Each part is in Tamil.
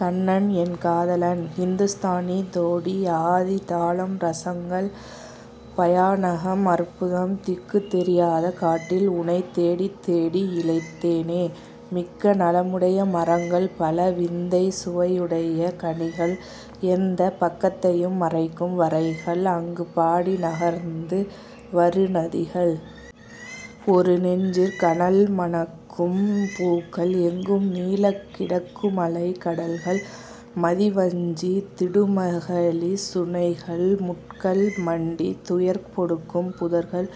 கண்ணன் என் காதலன் ஹிந்துஸ்தானி தோடி ஆதி தாளம் ரசங்கள்: பயாநகம், அற்புதம். திக்குத் தெரியாத காட்டில் உனைத் தேடித் தேடி இளைத்தேனே. மிக்க நலமுடைய மரங்கள், பல விந்தைச் சுவையுடைய கனிகள், எந்தப் பக்கத்தையும் மறைக்கும் வரைகள், அங்கு பாடி நகர்ந்து வரு நதிகள், ஒரு நெஞ்சிற் கனல்மணக்கும் பூக்கள், எங்கும் நீளக் கிடக்குமலைக் கடல்கள் மதி வஞ்சித் திடுமகழிச் சுனைகள், முட்கள் மண்டித் துயர்பொடுக்கும் புதர்கள்,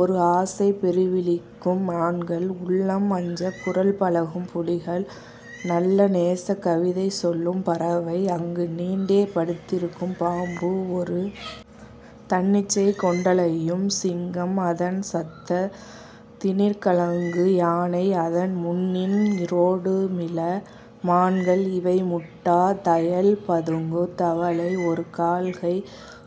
ஒரு ஆசை பெறவிழிக்கும் மான்கள், உள்ளம் அஞ்சக் குரல்பழகும் புலிகள், நல்ல நேசக் கவிதைசொல்லும் பறவை, அங்கு நீண்டே படுத்திருக்கும் பாம்பு, ஒரு தன்னிச்சை கொண்டலையும் சிங்கம் அதன் சத்தத் தினிற்கலங்கு யானை அதன் முன்னின் றோடுமிள மான்கள் இவை முட்டா தயல்பதுங்குந் தவளை ஒரு கால்கை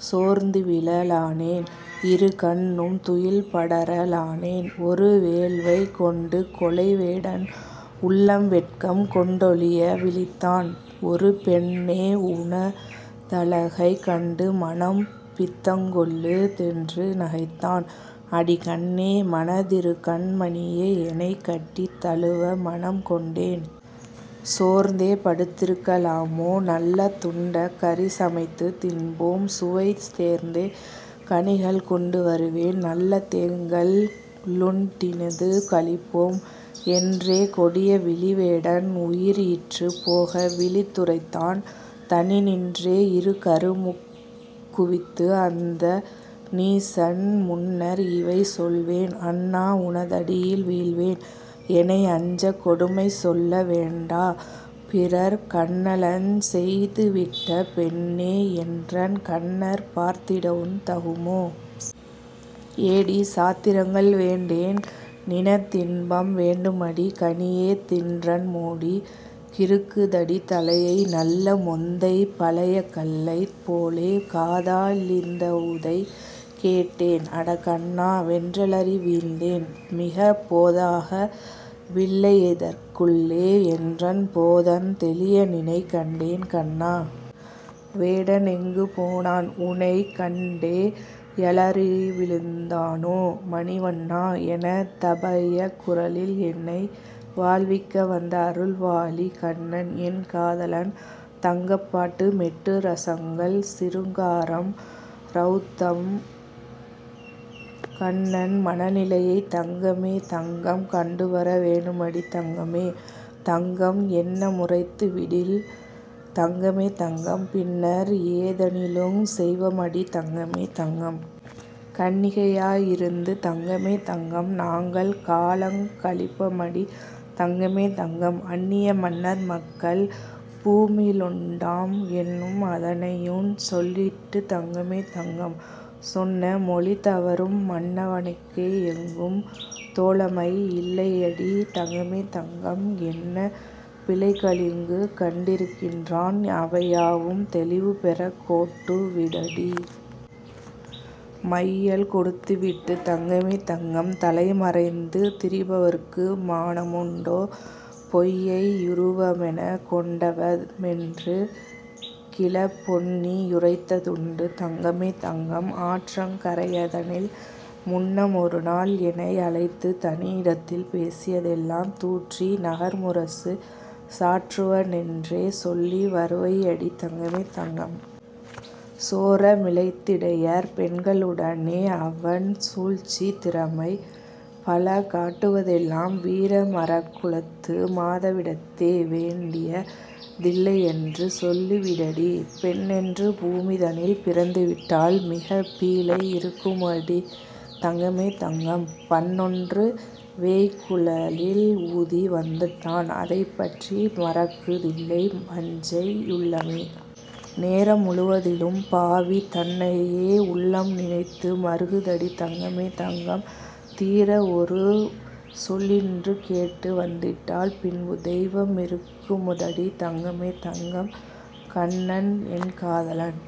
சோர்ந்துவிழ லானேன் இரு கண்ணும் துயில்படர லானேன் ஒரு வேல்கைக் கொண்டுகொலைவேடன் உள்ளம் வெட்கம் கொண்டொழிய விழித்தான் ஒரு ''பெண்ணே உனதழகைக் கண்டு மனம் பித்தங்கொள்ளு'' தென்று நகைத்தான் ''அடி கண்ணே, எனதிருகண் மணியே எனைக் கட்டித் தழுவமனம் கொண்டேன். சோர்ந்தே படுத்திருக்க லாமோ? நல்ல துண்டக் கறிசமைத்துத் தின்போம் சுவை தேர்ந்தே கனிகள் கொண்டு வருவேன் நல்ல தேங்கள் ளுண்டினிது களிப்போம். '' என்றே கொடியவிழி வேடன் உயிர் இற்றுப் போகவிழித் துரைத்தான் தனி நின்றே இருகரமுங் குவித்து அந்த நீசன் முன்னர் இவை சொல்வேன்: ''அண்ணா உனதடியில் வீழ்வேன் எனை அஞ்சக் கொடுமைசொல்ல வேண்டா பிறன் கண்ணலஞ் செய்துவிட்ட பெண்ணே என்றன் கண்ணற் பார்த்திடவுந் தகுமோ? '' ''ஏடி, சாத்திரங்கள் வேண்டேன்: நின தின்பம் வேண்டுமடி, கனியே, நின்றன் மோடி கிறுக்குதடி தலையை, நல்ல மொந்தைப் பழையகள்ளைப் போலே'' காதா லிந்தவுதை கேட்டேன் 'அட கண்ணா! ' வென்றலறி வீழ்ந்தேன் மிகப் போதாக வில்லையிதற் குள்ளே என்றன் போதந் தெளியநினைக் கண்டேன். கண்ணா! வேடனெங்கு போனான்? உனைக் கண்டே யலறிவிழுந் தானோ? மணி வண்ணா! என தபயக் குரலில் -எனை வாழ்விக்க வந்தஅருள் வாழி!. கண்ணன் என் காதலன் தங்கப்பாட்டு மெட்டு ரசங்கள்: சிருங்காரம், ரௌத்ரம். கண்ணன் மனநிலையைத் தங்கமே தங்கம் கண்டுவர வேணுமடி தங்கமே தங்கம்; எண்ண முரைத்துவிடில் தங்கமே தங்கம் பின்னர் ஏதெனிலுஞ் செய்வமடி தங்கமே தங்கம்.. கன்னிகை யாயிருந்து தங்கமே தங்கம் நாங்கள் காலங் கழிப்பமடி தங்கமே தங்கம்; அன்னிய மன்னர் மக்கள் பூமியிலுண்டாம் என்னும் அதனையுஞ் சொல்லிடடி தங்கமே தங்கம்.. சொன்ன மொழிதவறும் மன்னவ னுக்கே எங்கும் தோழமை யில்லையடி தங்கமே தங்கம்; என்ன பிழைகளிங்கு கண்டிருக்கின்றான்? அவை யாவும் தெளிவுபெறக் கோட்டு விடடீ!. மையல் கொடுத்துவிட்டுத் தங்கமே தங்கம் தலை மறைந்து திரிபவர்க்கு மானமு முண்டோ? பொய்யை யுருவமெனக் கொண்டவ னென்றே கிழப் பொன்னி யுரைத்ததுண்டு தங்கமே தங்கம். ஆற்றங் கரையதனில் முன்னமொருநாள் எனை அழைத்துத் தனியிடத்தில் பேசிய தெல்லாம் தூற்றி நகர்முரசு சாற்றுவ னென்றே சொல்லி வருவையடி தங்கமே தங்கம். சோர மிழைத்திடையர் பெண்களுடனே அவன் சூழ்ச்சித் திறமை பல காட்டுவ தெல்லாம் வீர மறக்குலத்து மாதரிடத்தே வேண்டிய தில்லையென்று சொல்லி விடடீ! பெண்ணென்று பூமிதனில் பிறந்துவிட்டால் மிகப் பீழை யிருக்குதடி தங்கமே தங்கம்; பண்ணொன்று வேய்ங்குழலில் ஊதி வந்திட்டான் அதைப் பற்றி மறக்கு தில்லை பஞ்சை யுள்ளமே. நேர முழுவதிலுமப் பாவி தன்னையே உள்ளம் நினைத்து மறுகுதடி தங்கமே தங்கம், தீர ஒருசொலின்று கேட்டு வந்திட்டால் பின்பு தெய்வ மிருக்குதடி தங்கமே தங்கம்!. கண்ணன் என் காதலன்।